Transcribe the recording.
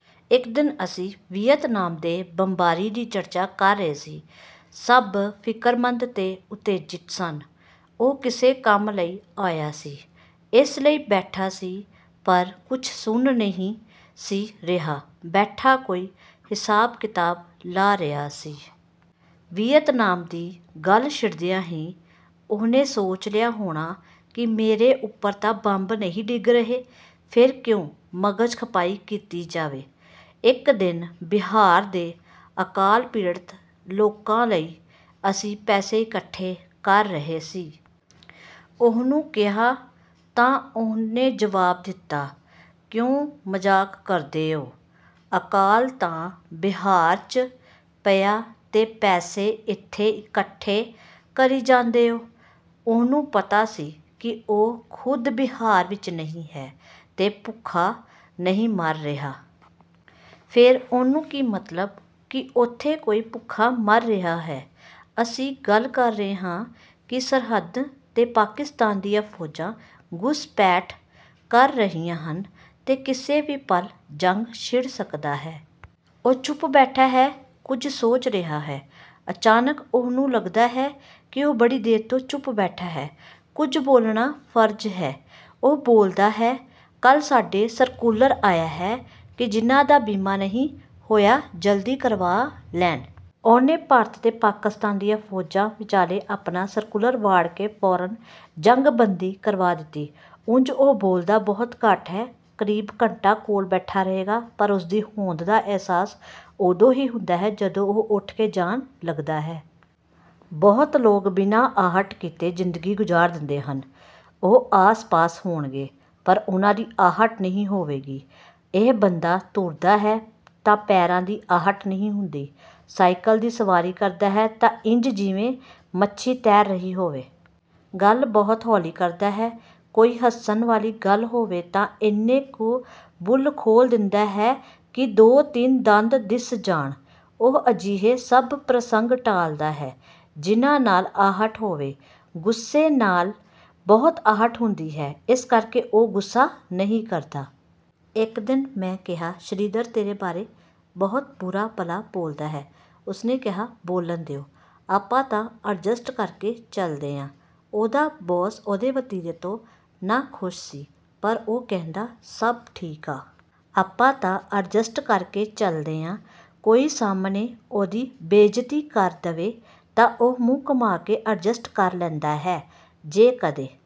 ਇੱਕ ਦਿਨ ਅਸੀਂ ਵੀਅਤਨਾਮ 'ਤੇ ਬੰਬਾਰੀ ਦੀ ਚਰਚਾ ਕਰ ਰਹੇ ਸੀ। ਸਭ ਫਿਕਰਮੰਦ ਤੇ ਉਤੇਜਿਤ ਸਨ। ਉਹ ਕਿਸੇ ਕੰਮ ਲਈ ਆਇਆ ਸੀ, ਇਸ ਲਈ ਬੈਠਾ ਸੀ, ਪਰ ਕੁਝ ਸੁਣ ਨਹੀਂ ਸੀ ਰਿਹਾ। ਬੈਠਾ ਕੋਈ ਹਿਸਾਬ-ਕਿਤਾਬ ਲਾ ਰਿਹਾ ਸੀ। ਵੀਅਤਨਾਮ ਦੀ ਗੱਲ ਛਿੜਦਿਆਂ ਹੀ ਉਹਨੇ ਸੋਚ ਲਿਆ ਹੋਣਾ ਕਿ ਮੇਰੇ ਉੱਪਰ ਤਾਂ ਬੰਬ ਨਹੀਂ ਡਿੱਗ ਰਹੇ, ਫਿਰ ਕਿਉਂ ਮਗਜ਼ ਖਪਾਈ ਕੀਤੀ ਜਾਵੇ। ਇੱਕ ਦਿਨ ਬਿਹਾਰ ਦੇ ਅਕਾਲ ਪੀੜਤ ਲੋਕਾਂ ਲਈ ਅਸੀਂ ਪੈਸੇ ਇਕੱਠੇ ਕਰ ਰਹੇ ਸੀ। ਉਹਨੂੰ ਕਿਹਾ ਤਾਂ ਉਹਨੇ ਜਵਾਬ ਦਿੱਤਾ, "ਕਿਉਂ ਮਜ਼ਾਕ ਕਰਦੇ ਓ। ਅਕਾਲ ਤਾਂ ਬਿਹਾਰ 'ਚ ਪਿਆ ਤੇ ਪੈਸੇ ਇੱਥੇ ਇਕੱਠੇ ਕਰੀ ਜਾਂਦੇ ਓ।" ਉਹਨੂੰ ਪਤਾ ਸੀ ਕਿ ਉਹ ਖੁਦ ਬਿਹਾਰ ਵਿੱਚ ਨਹੀਂ ਹੈ ਤੇ ਭੁੱਖਾ ਨਹੀਂ ਮਰ ਰਿਹਾ। ਫਿਰ ਉਹਨੂੰ ਕੀ ਮਤਲਬ ਕਿ ਉੱਥੇ ਕੋਈ ਭੁੱਖਾ ਮਰ ਰਿਹਾ ਹੈ। ਅਸੀਂ ਗੱਲ ਕਰ ਰਹੇ ਹਾਂ ਕਿ ਸਰਹੱਦ 'ਤੇ ਪਾਕਿਸਤਾਨ ਦੀਆਂ ਫੌਜਾਂ ਘੁਸਪੈਠ ਕਰ ਰਹੀਆਂ ਹਨ ਤੇ ਕਿਸੇ ਵੀ ਪਲ ਜੰਗ ਛਿੜ ਸਕਦਾ ਹੈ। ਉਹ ਚੁੱਪ ਬੈਠਾ ਹੈ, ਕੁਝ ਸੋਚ ਰਿਹਾ ਹੈ। ਅਚਾਨਕ ਉਹਨੂੰ ਲਗਦਾ ਹੈ ਕਿ ਉਹ ਬੜੀ ਦੇਰ ਤੋਂ ਚੁੱਪ ਬੈਠਾ ਹੈ, ਕੁਝ ਬੋਲਣਾ ਫਰਜ਼ ਹੈ। ਉਹ ਬੋਲਦਾ ਹੈ, "ਕੱਲ ਸਾਡੇ ਸਰਕੂਲਰ ਆਇਆ ਹੈ ਕਿ ਜਿਹਨਾਂ ਦਾ ਬੀਮਾ ਨਹੀਂ ਹੋਇਆ ਜਲਦੀ ਕਰਵਾ ਲੈਣ।" ਉਹਨੇ ਭਾਰਤ ਤੇ ਪਾਕਿਸਤਾਨ ਦੀਆਂ ਫੌਜਾਂ ਵਿਚਾਲੇ ਆਪਣਾ ਸਰਕੂਲਰ ਵਾੜ ਕੇ ਫੌਰਨ ਜੰਗਬੰਦੀ ਕਰਵਾ ਦਿੱਤੀ। ਉਂਝ ਉਹ ਬੋਲਦਾ ਬਹੁਤ ਘੱਟ ਹੈ। ਕਰੀਬ ਘੰਟਾ ਕੋਲ ਬੈਠਾ ਰਹੇਗਾ, ਪਰ ਉਸਦੀ ਹੋਂਦ ਦਾ ਅਹਿਸਾਸ ਉਦੋਂ ਹੀ ਹੁੰਦਾ ਹੈ ਜਦੋਂ ਉਹ ਉੱਠ ਕੇ ਜਾਣ ਲਗਦਾ ਹੈ। ਬਹੁਤ ਲੋਕ ਬਿਨਾਂ ਆਹਟ ਕੀਤੇ ਜ਼ਿੰਦਗੀ ਗੁਜ਼ਾਰ ਦਿੰਦੇ ਹਨ। ਉਹ ਆਸ-ਪਾਸ ਹੋਣਗੇ, ਪਰ ਉਹਨਾਂ ਦੀ ਆਹਟ ਨਹੀਂ ਹੋਵੇਗੀ। ਇਹ ਬੰਦਾ ਤੁਰਦਾ ਹੈ ਤਾਂ ਪੈਰਾਂ ਦੀ ਆਹਟ ਨਹੀਂ ਹੁੰਦੀ। ਸਾਈਕਲ ਦੀ ਸਵਾਰੀ ਕਰਦਾ ਹੈ ਤਾਂ ਇੰਝ ਜਿਵੇਂ ਮੱਛੀ ਤੈਰ ਰਹੀ ਹੋਵੇ। ਗੱਲ ਬਹੁਤ ਹੌਲੀ ਕਰਦਾ ਹੈ। ਕੋਈ ਹੱਸਣ ਵਾਲੀ ਗੱਲ ਹੋਵੇ ਤਾਂ ਇੰਨੇ ਕੁ ਬੁੱਲ੍ਹ ਖੋਲ੍ਹ ਦਿੰਦਾ ਹੈ ਕਿ ਦੋ-ਤਿੰਨ ਦੰਦ ਦਿਸ ਜਾਣ। ਉਹ ਅਜਿਹੇ ਸਭ ਪ੍ਰਸੰਗ ਟਾਲਦਾ ਹੈ ਜਿਹਨਾਂ ਨਾਲ ਆਹਟ ਹੋਵੇ। ਗੁੱਸੇ ਨਾਲ ਬਹੁਤ ਆਹਟ ਹੁੰਦੀ ਹੈ, ਇਸ ਕਰਕੇ ਉਹ ਗੁੱਸਾ ਨਹੀਂ ਕਰਦਾ। ਇੱਕ ਦਿਨ ਮੈਂ ਕਿਹਾ, "ਸ਼੍ਰੀਧਰ ਤੇਰੇ ਬਾਰੇ ਬਹੁਤ ਬੁਰਾ-ਭਲਾ ਬੋਲਦਾ ਹੈ।" ਉਸਨੇ ਕਿਹਾ, "ਬੋਲਣ ਦਿਓ। ਆਪਾਂ ਤਾਂ ਅਡਜਸਟ ਕਰਕੇ ਚਲਦੇ ਆਂ।" ਉਹਦਾ ਬੌਸ ਉਹਦੇ ਵਤੀਰੇ ਤੋਂ ਨਾਖੁਸ਼ ਸੀ। ਪਰ ਉਹ ਕਹਿੰਦਾ, "ਸਭ ਠੀਕ ਆ। ਆਪਾਂ ਤਾਂ ਅਡਜਸਟ ਕਰਕੇ ਚਲਦੇ ਆਂ।" ਕੋਈ ਸਾਹਮਣੇ ਉਹਦੀ ਬੇਇੱਜ਼ਤੀ ਕਰ ਦੇਵੇ ਤਾਂ ਉਹ ਮੂੰਹ ਘੁਮਾ ਕੇ ਅਡਜਸਟ ਕਰ ਲੈਂਦਾ ਹੈ। ਜੇ ਕਦੇ